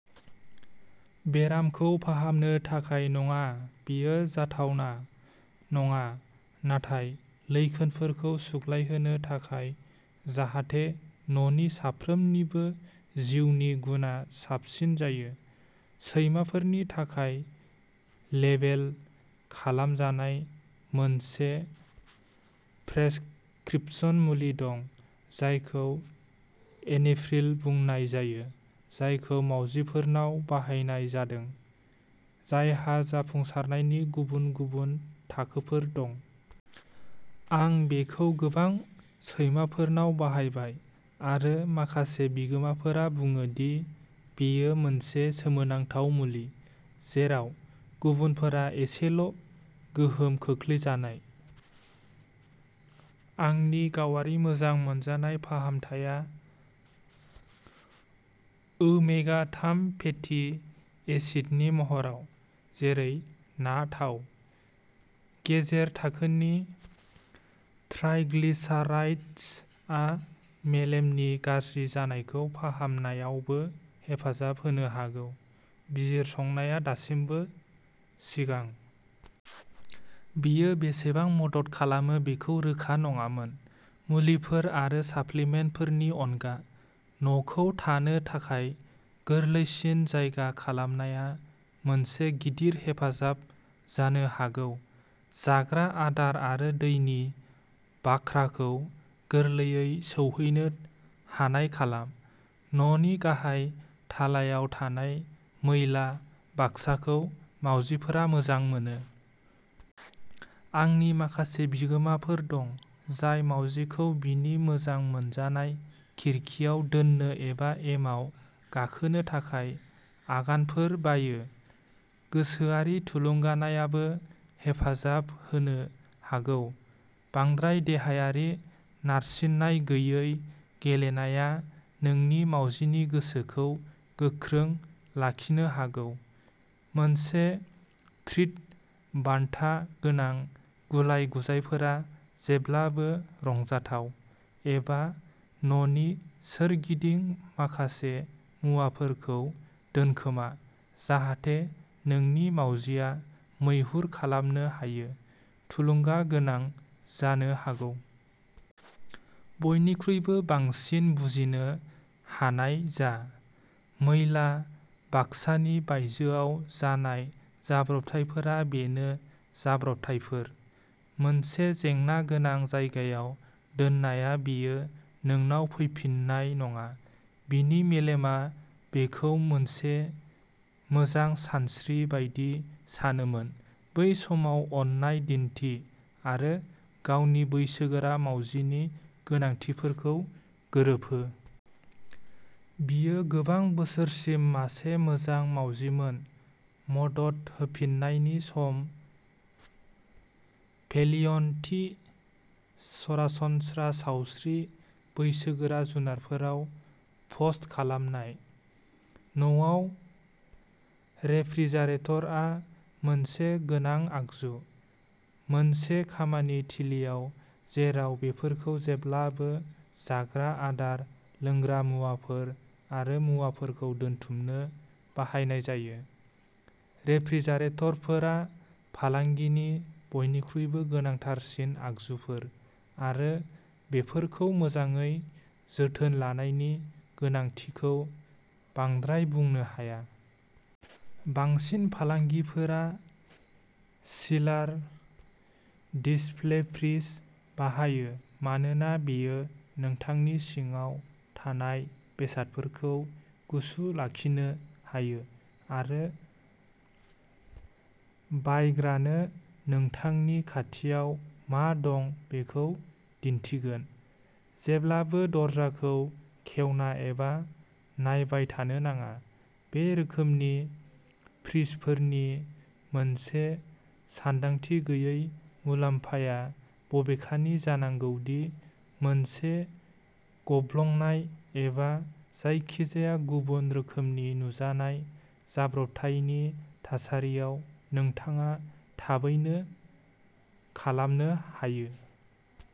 बेरामखौ फाहामनो थाखाय नङा बेयो जाथावना नङा नाथाय लैखोनफोरखौ सुग्लायहोनो थाखाय जाहाथे न'नि साफ्रोमनिबो जिउनि गुनआ साबसिन जायो। सैमाफोरनि थाखाय लेबेल खालामजानाय मोनसे प्रेसक्रिप्शन मुलि दं, जायखौ एनिप्रिल बुंनाय जायो, जायखौ मावजिफोरनाव बाहायनाय जादों, जायहा जाफुंसारनायनि गुबुन गुबुन थाखोफोर दं। आं बेखौ गोबां सैमाफोरनाव बाहायबाय, आरो माखासे बिगोमाफोरा बुङो दि बेयो मोनसे सोमोनांथाव मुलि, जेराव गुबुनफोरा एसेल' गोहोम खोख्लैजानाय। आंनि गावारि मोजां मोनजानाय फाहामथाया ओमेगा थाम फेटि एसिडनि महराव, जेरै ना थाव। गेजेर थाखोनि ट्राइग्लिसाराइड्स आ मेलेमनि गाज्रि जानायखौ फाहामनायावबो हेफाजाब होनो हागौ बिजिरसंनाया दासिमबो सिगां। बेयो बेसेबां मदद खालामो बेखौ रोखा नङामोन। मुलिफोर आरो साप्लिमेन्टफोरनि अनगा, न'खौ थानो थाखाय गोरलैसिन जायगा खालामनाया मोनसे गिदिर हेफाजाब जानो हागौ जाग्रा आदार आरो दैनि बाख्राखौ गोरलैयै सौहैनो हानाय खालाम। न'नि गाहाय थालायाव थानाय मैला बाक्साखौ मावजिफोरा मोजां मोनो। आंनि माखासे बिगोमाफोर दं, जाय मावजिखौ बिनि मोजां मोनजानाय खिरखिआव दोननो एबा एमाव गाखोनो थाखाय आगानफोर बायो गोसोआरि थुलुंगानायाबो हेफाजाब होनो हागौ बांद्राय देहायारि नारसिननाय गैयै गेलेनाया नोंनि मावजिनि गोसोखौ गोख्रों लाखिनो हागौ मोनसे ट्रिट बान्था गोनां गुलाय-गुजायफोरा जेब्लाबो रंजाथाव, एबा न'नि सोरगिदिं माखासे मुवाफोरखौ दोनखोमा, जाहाथे नोंनि मावजिआ मैहुर खालामनो हायो, थुलुंगा गोनां जानो हागौ। बयनिख्रुइबो बांसिन, बुजिनो हानाय जा। मैला बाक्सानि बायजोआव जानाय जाब्रबथायफोरा बेनो जाब्रबथायफोर। मोनसे जेंना गोनां जायगायाव दोननाया बियो नोंनाव फैफिन्नाय नङा बिनि मेलेमआ बेखौ मोनसे मोजां सानस्रि बायदि सानोमोन। बै समाव अननाय दिन्थि, आरो गावनि बैसोगोरा मावजिनि गोनांथिफोरखौ गोरोबहो। बियो गोबां बोसोरसिम मासे मोजां मावजिमोन मदद होफिन्नायनि सम फेलिइन थि, सरासनस्रा सावस्रि, बैसोगोरा जुनारफोराव पस्ट खालामनाय। न'आव, रेफ्रिजारेटरआ मोनसे गोनां आगजु। मोनसे खामानि थिलिआव जेराव बेफोरखौ जेब्लाबो जाग्रा आदार, लोंग्रा मुवाफोर आरो मुवाफोरखौ दोनथुमनो बाहायनाय जायो, रेफ्रिजारेटरफोरा फालांगिनि बयनिख्रुइबो गोनांथारसिन आगजुफोर आरो बेफोरखौ मोजाङै जोथोन लानायनि गोनांथिखौ बांद्राय बुंनो हाया। बांसिन फालांगिफोरा चिलार डिस्प्ले फ्रिज बाहायो मानोना बेयो नोंथांनि सिङाव थानाय बेसादफोरखौ गुसु लाखिनो हायो आरो बायग्रानो नोंथांनि खाथियाव मा दं बेखौ दिन्थिगोन, जेब्लाबो दरजाखौ खेवना एबा नायबाय थानो नाङा। बे रोखोमनि फ्रिजफोरनि मोनसे सानदांथि गैयै मुलाम्फाया बबेखानि जानांगौ दि मोनसे गब्लंनाय एबा जायखिजाया गुबुन रोखोमनि नुजानाय जाब्रबथायनि थासारियाव, नोंथाङा थाबैनो खालामनो हायो।